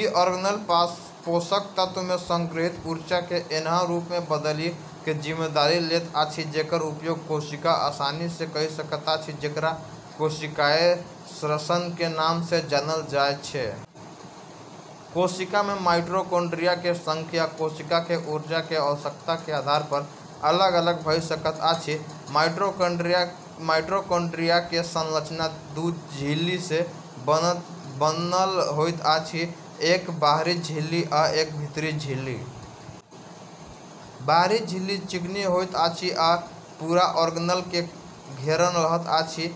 ई organelle पोषक तत्व मे संग्रहित ऊर्जा के एनह रूप मे बदलय के जिम्मेदारी लैत अछि जेकर उपयोग कोशिका आसानी सँ कए सकैत अछि, जेकरा कोशिकीय श्वसन के नाम सँ जानल जाय छै। कोशिका मे माइटोकॉन्ड्रिया के संख्या कोशिका के ऊर्जा के आवश्यकता के आधार पर अलग-अलग भ' सकैत अछि। माइटोकॉन्ड्रिया के संरचना दू झिल्ली सँ बनल होइत अछि: एक बाहरी झिल्ली आ एक भीतरी झिल्ली। बाहरी झिल्ली चिकनी होइत अछि आ पूरा ऑर्गेनेल के घेरने रहैत अछि,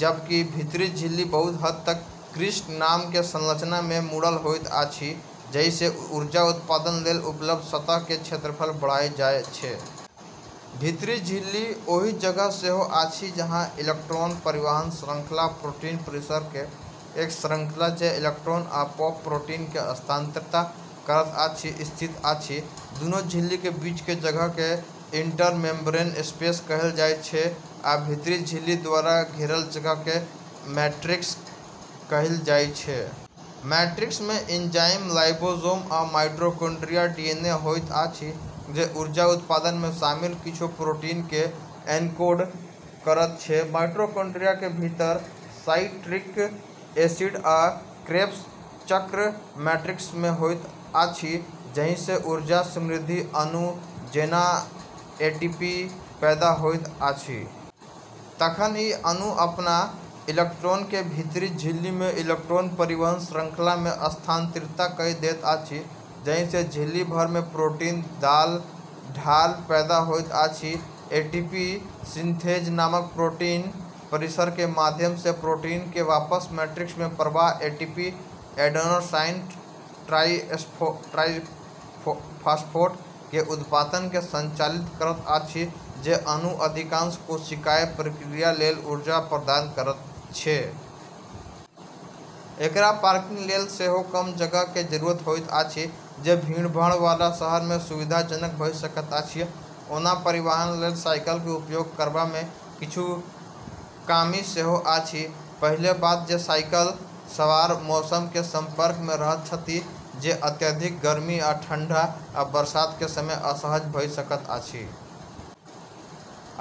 जबकि भीतरी झिल्ली बहुत हद तक क्रिस्टे नाम के संरचना मे मुड़ल होइत अछि, जाहि सँ ऊर्जा उत्पादन लेल उपलब्ध सतह के क्षेत्रफल बढ़ि जाय छै। भीतरी झिल्ली ओहि जगह सेहो अछि जहाँ इलेक्ट्रॉन परिवहन श्रृंखला, प्रोटीन परिसर के एक श्रृंखला जे इलेक्ट्रॉन आ पंप प्रोटॉन के स्थानांतरित करैत अछि, स्थित अछि। दुनू झिल्ली के बीच के जगह के इंटरमेम्ब्रेन स्पेस कहल जाय छै, आ भीतरी झिल्ली द्वारा घेरल जगह के मैट्रिक्स कहल जाय छै। मैट्रिक्स मे एंजाइम, राइबोसोम आ माइटोकॉन्ड्रिया डीएनए होइत अछि, जे ऊर्जा उत्पादन मे शामिल किछु प्रोटीन के एन्कोड करैत अछि। माइटोकॉन्ड्रिया के भीतर साइट्रिक एसिड या क्रेब्स चक्र मैट्रिक्स मे होइत अछि, जाहि सँ ऊर्जा-समृद्ध अणु जेनाएटीपी पैदा होइत अछि। तखन ई अणु अपन इलेक्ट्रॉन के भीतरी झिल्ली मे इलेक्ट्रॉन परिवहन श्रृंखला मे स्थानांतरित कए दैत अछि, जाहि सँ झिल्ली भर मे प्रोटॉन ढाल पैदा होइत अछि। एटीपी सिन्थेज नामक प्रोटीन परिसर के माध्यम सँ प्रोटॉन के वापस मैट्रिक्स मे प्रवाह एटीपी एडेनोसाइन ट्राइफॉस्फेट के उत्पादन के संचालित करैत अछि, जे अणु अधिकांश कोशिकीय प्रक्रिया लेल ऊर्जा प्रदान करैत अछि। एकरा पार्किंग लेल सेहो कम जगह के जरूरत होइत अछि, जे भीड़भाड़ वाला शहर मे सुविधाजनक भ' सकैत अछि। ओना परिवहन लेल साइकिल के उपयोग करबा मे किछु खामी सेहो अछि। पहिल बात जे साइकिल सवार मौसम के संपर्क मे रहैत छथि, जे अत्यधिक गर्मी या ठंडा, या बरसात के समय असहज भ' सकैत अछि।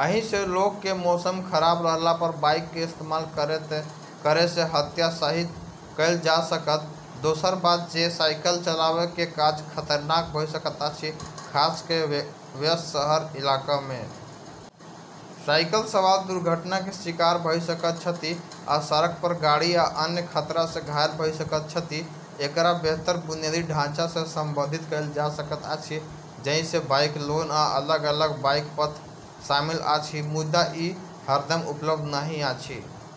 एहि सँ लोक के मौसम खराब रहला पर बाइक के इस्तेमाल करय सँ हतोत्साहित कएल जा सकैत अछि। दोसर बात जे साइकिल चलाबय के काज खतरनाक भ' सकैत अछि, खास क' व्यस्त शहरी इलाका मे। साइकिल सवार दुर्घटना के शिकार भ' सकैत छथि, आ सड़क पर गाड़ी या अन्य खतरा सँ घायल भ' सकैत छथि। एकरा बेहतर बुनियादी ढाँचा सँ संबोधित कएल जा सकैत अछि, जाहि मे बाइक लेन या अलग-अलग बाइक पथ शामिल अछि, मुदा ई हरदम उपलब्ध नहि अछि।